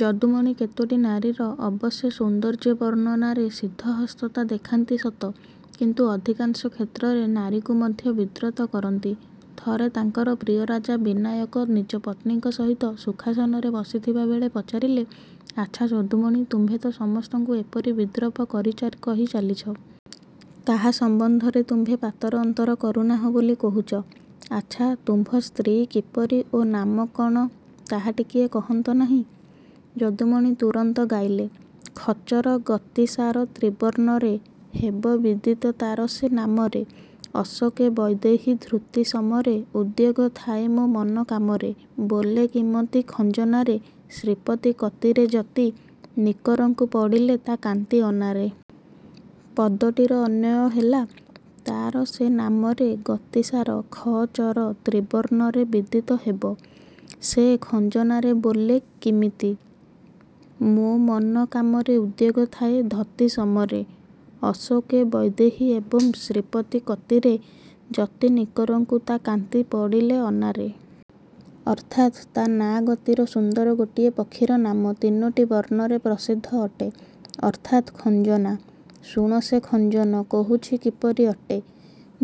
ଯଦୁମଣି କେତୋଟି ନାରୀର ଅବଶ୍ୟ ସୌନ୍ଦର୍ଯ୍ୟ ବର୍ଣ୍ଣନାରେ ସିଦ୍ଧହସ୍ତତା ଦେଖାନ୍ତି ସତ କିନ୍ତୁ ଅଧିକାଂଶ କ୍ଷେତ୍ରରେ ନାରୀକୁ ମଧ୍ୟ ବିଦ୍ରୂତ କରନ୍ତି। ଥରେ ତାଙ୍କର ପ୍ରିୟରାଜା ବିନାୟକ ନିଜପତ୍ନୀଙ୍କ ସହିତ ସୁଖାସନରେ ବସିଥିବାବେଳେ ପଚାରିଲେ- 'ଆଚ୍ଛା ଯଦୁମଣି, ତୁମ୍ଭେ ତ ସମସ୍ତଙ୍କୁ ଏପରି ବିଦ୍ରୂପ କରି କହି ଚାଲିଛ। କାହା ସମ୍ବନ୍ଧରେ ତୁମ୍ଭେ ପାତର ଅନ୍ତର କରୁନାହଁ ବୋଲି କହୁଚ। ଆଚ୍ଛା ତୁମ୍ଭ ସ୍ତ୍ରୀ କିପରି ଓ ନାମ କଣ ତାହା ଟିକିଏ କହନ୍ତ ନାହିଁ? ଯଦୁମଣି ତୁରନ୍ତ ଗାଇଲେ- ଖଚର ଗତି ସାର ତ୍ରିବର୍ଣ୍ଣରେ ହେବ ବିଦିତ ତାର ସେ ନାମରେ ଅଶୋକେ ବୈଦେହୀ ଧୃତି ସମରେ ଉଦ୍ବେଗ ଥାଏ ମୋ ମନ କାମରେ ବୋଲେ କିମତି ଖଞ୍ଜନାରେ ଶ୍ରୀପତି କତିରେ ଯତି ନିକରଙ୍କୁ ପଡ଼ିଲେ ତା କାନ୍ତି ଅନାରେ। ପଦଟିର ଅନ୍ୱୟ ହେଲା- ତାର ସେ ନାମରେ ଗତିସାର ଖ−ଚର ତ୍ରୀବର୍ଣ୍ଣରେ ବିଦିତ ହେବ। ସେ ଖଞ୍ଜନାରେ ବୋଲେ କିମିତି? ମୋ ମନ କାମରେ ଉଦ୍ବେଗ ଥାଏ ଧତି ସମରେ ଅଶୋକେ ବୈଦେହୀ ଏବଂ ଶ୍ରୀପତି କତିରେ ଯତି ନିକରଙ୍କୁ ତା କାନ୍ତି ପଡ଼ିଲେ ଅନାରେ। ଅର୍ଥାତ-ତା ନାଁ ଗତିରେ ସୁନ୍ଦର ଗୋଟିଏ ପକ୍ଷୀର ନାମ ତିନୋଟି ବର୍ଣ୍ଣରେ ପ୍ରସିଦ୍ଧ ଅଟେ। ଅର୍ଥାତ୍ 'ଖଂଜନା'। ଶୁଣ ସେ ଖଂଜନ, କହୁଛି କିପରି ଅଟେ?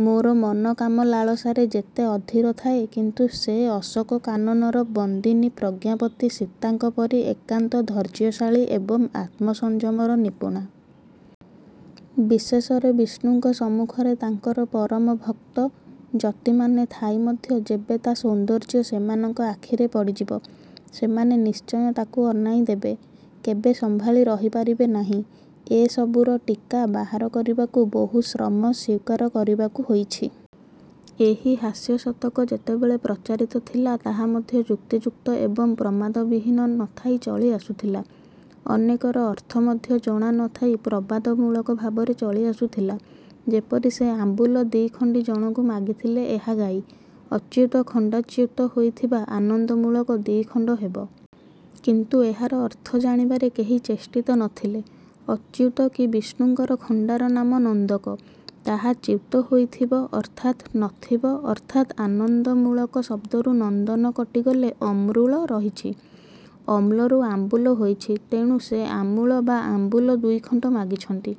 ମୋର ମନ କାମ ଲାଳସାରେ ଯେତେ ଅଧୀର ଥାଏ, କିନ୍ତୁ ସେ ଅଶୋକ କାନନର ବନ୍ଦିନୀ ପ୍ରଜ୍ଞାବତୀ ସୀତାଙ୍କ ପରି ଏକାନ୍ତ ଧୈର୍ଯ୍ୟଶାଳୀ ଏବଂ ଆତ୍ମସଂଯମର ନିପୁଣା। ବିଶେଷରେ ବିଷ୍ଣୁଙ୍କ ସମ୍ମୁଖରେ ତାଙ୍କର ପରମ ଭକ୍ତ ଯତିମାନେ ଥାଇ ମଧ୍ୟ ଯେବେ ତା ସୌନ୍ଦର୍ଯ୍ୟ ସେମାନଙ୍କ ଆଖିରେ ପଡ଼ିଯିବ, ସେମାନେ ନିଶ୍ଚିୟ ତାକୁ ଅନାଇଁ ଦେବେ। କେବେ ସମ୍ଭାଳି ରହି ପାରିବେ ନାହିଁ। ଏ ସବୁର ଟୀକା ବାହାର କରିବାକୁ ବହୁଶ୍ରମ ସ୍ୱୀକାର କରିବାକୁ ହେଇଛି। ଏହି ହାସ୍ୟଶତକ ଯେତେବେଳେ ପ୍ରଚାରିତ ଥିଲା ତାହା ମଧ୍ୟ ଯୁକ୍ତିଯୁକ୍ତ ଏବଂ ପ୍ରମାଦବିହୀନ ନଥାଇ ଚଳି ଆସୁଥିଲା। ଅନେକର ଅର୍ଥ ମଧ୍ୟ ଜଣା ନଥାଇ ପ୍ରବାଦମୂଳକ ଭାବରେ ଚଳିଆସୁଥିଲା। ଯେପରି ସେ ଆମ୍ଭୁଲ ଦିଖଣ୍ଡି ଜଣକୁ ମାଗିଥିଲେ ଏହାଗାଇ- ଅଚ୍ୟୁତ ଖଣ୍ଡା ଚ୍ୟୁତ ହୋଇଥିବ ଆନନ୍ଦମୂଳକ ଦ୍ୱିଖଣ୍ଡ ହେବ। କିନ୍ତୁ ଏହାର ଅର୍ଥ ଜାଣିବାରେ କେହି ଚେଷ୍ଟିତ ନଥିଲେ। ଅଚ୍ୟୁତ କି ବିଷ୍ଣୁଙ୍କର ଖଣ୍ଡାର ନାମ ''ନନ୍ଦକ" ତାହା ଚ୍ୟୁତ ହୋଇଥିବ ଅର୍ଥାତ୍ ନଥିବ ଅର୍ଥାତ୍ ଆନନ୍ଦ ମୂଳକ ଶବ୍ଦରୁ 'ନନ୍ଦନ' କଟିଗଲେ ଅମୃଳ ରହିଛି। ଅମ୍ଳରୁ ଆମ୍ବୁଲ ହୋଇଛି। ତେଣୁ ସେ ଆମୂଳ ବା ଆମ୍ବୁଲ ଦୁଇଖଣ୍ଡ ମାଗିଛନ୍ତି।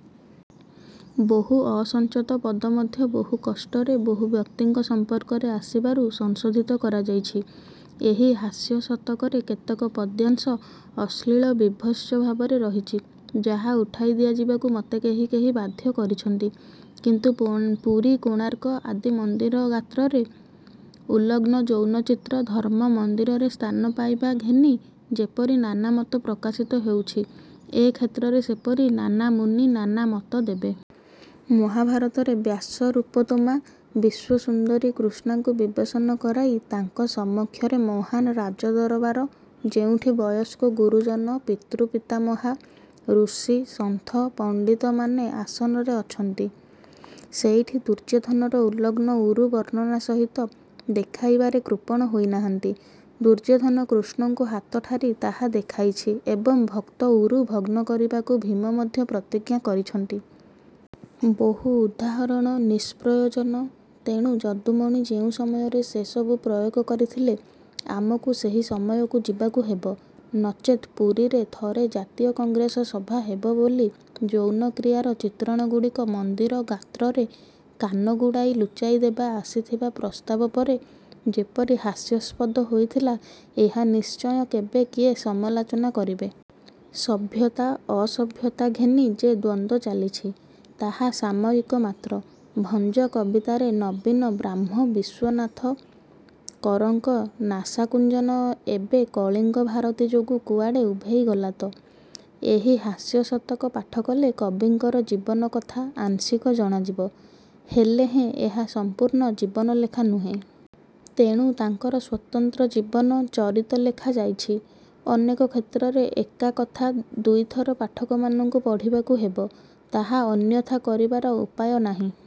ବହୁ ଅସଂଚତ ପଦମଧ୍ୟ ବହୁ କଷ୍ଟରେ ବହୁବ୍ୟକ୍ତିଙ୍କ ସଂପର୍କରେ ଆସିବାରୁ ସଂଶୋଧିତ କରାଯାଇଛି। ଏହି ହାସ୍ୟଶତକରେ କେତେକ ପଦ୍ୟାଂଶ ଅଶ୍ଳିଳ ବିଭତ୍ସ ଭାବରେ ରହିଛି, ଯାହା ଉଠାଇ ଦିଆଯିବାକୁ ମୋତେ କେହି କେହି ବାଧ୍ୟ କରିଛନ୍ତି। କିନ୍ତୁ ପୁରୀ କୋଣାର୍କ ଆଦି ମନ୍ଦିର ଗାତ୍ରର ଉଲ୍ଲଙ୍ଗ ଯୌନଚିତ୍ର ଧର୍ମ୍ମ ମନ୍ଦିରରେ ସ୍ଥାନ ପାଇବା ଘେନି ଯେପରି ନାନାମତ ପ୍ରକାଶିତ ହେଉଛି, ଏ କ୍ଷେତ୍ରରେ ସେପରି ନାନା ମୁନି ନାନା ମତ ଦେବେ। ମହାଭାରତରେ ବ୍ୟାସ ରୂପୋତ୍ତମା ବିଶ୍ୱସୁନ୍ଦରୀ କୃଷ୍ଣାଙ୍କୁ ବିବସନ କରାଇ ତାଙ୍କ ସମକ୍ଷରେ ମହାନ୍ ରାଜଦରବାର ଯେଉଁଠି ବୟସ୍କ ଗୁରୁଜନ ପିତୃପିତାମହା, ଋଷି, ସନ୍ଥ ପଣ୍ଡିତମାନେ ଆସନରେ ଅଛନ୍ତି, ସେଇଠି ଦୁର୍ଯ୍ୟୋଧନର ଉଲ୍ଲଙ୍ଗ ଊରୁ ବର୍ଣ୍ଣନା ସହିତ ଦେଖାଇବାରେ କୃପଣ ହୋଇନାହାନ୍ତି। ଦୁର୍ଯ୍ୟୋଧନ କୃଷ୍ଣଙ୍କୁ ହାତଠାରି ତାହା ଦେଖାଇଛି ଏବଂ ଉକ୍ତ ଊରୁ ଭଗ୍ନ କରିବାକୁ ଭୀମ ମଧ୍ୟ ପ୍ରତିଜ୍ଞା କରଛନ୍ତି। ବହୁ ଉଦାହରଣ ନିଷ୍ପ୍ରୟୋଜନ। ତେଣୁ ଯଦୁମଣି ଯେଉଁ ସମୟରେ ସେ ସବୁ ପ୍ରୟୋଗ କରିଥିଲେ, ଆମକୁ ସେହି ସମୟକୁ ଯିବାକୁ ହେବ। ନଚେତ୍ ପୁରୀରେ ଥରେ ଜାତୀୟ କଂଗ୍ରେସ ସଭା ହେବ ବୋଲି ଯୌନକ୍ରିୟାର ଚିତ୍ରଣଗୁଡ଼ିକ ମନ୍ଦିର ଗାତ୍ରରେ କନାଗୁଡ଼ାଇ ଲୁଚାଇଦେବା ଆସିଥିବା ପ୍ରସ୍ତାବ ପରେ ଯେପରି ହାସ୍ୟସ୍ପଦ ହୋଇଥିଲା ଏହା ନିଶ୍ଚୟ କେବେ କିଏ ସମାଲୋଚନା କରିବେ। ସଭ୍ୟତା ଅସଭ୍ୟତା ଘେନି ଯେ ଦ୍ୱନ୍ଦ୍ୱ ଚାଲିଛି, ତାହା ସାମୟିକ ମାତ୍ର। ଭଞ୍ଜ କବିତାରେ ନବୀନ ବ୍ରାହ୍ମ ବିଶ୍ୱନାଥ କରଙ୍କ ନାସାକୁଞ୍ଚନ ଏବେ କଳିଙ୍ଗଭାରତୀ ଯୋଗୁଁ କୁଆଡ଼େ ଉଭେଇ ଗଲାତ? ଏହି ହାସ୍ୟଶତକ ପାଠକଲେ କବିଙ୍କର ଜୀବନକଥା ଆଂଶିକ ଜଣାଯିବ। ହେଲେହେଁ ଏହା ସଂପୂର୍ଣ୍ଣ ଜୀବନାଲେଖା ନୁହେଁ। ତେଣୁ ତାଙ୍କର ସ୍ୱତନ୍ତ୍ର ଜୀବନ−ଚରିତ ଲେଖା ଯାଇଛି। ଅନେକ କ୍ଷେତ୍ରରେ ଏକା କଥା ଦୁଇଥର ପାଠକମାନଙ୍କୁ ପଢ଼ିବାକୁ ହେବ। ତାହା ଅନ୍ୟଥା କରିବାର ଉପାୟ ନାହିଁ।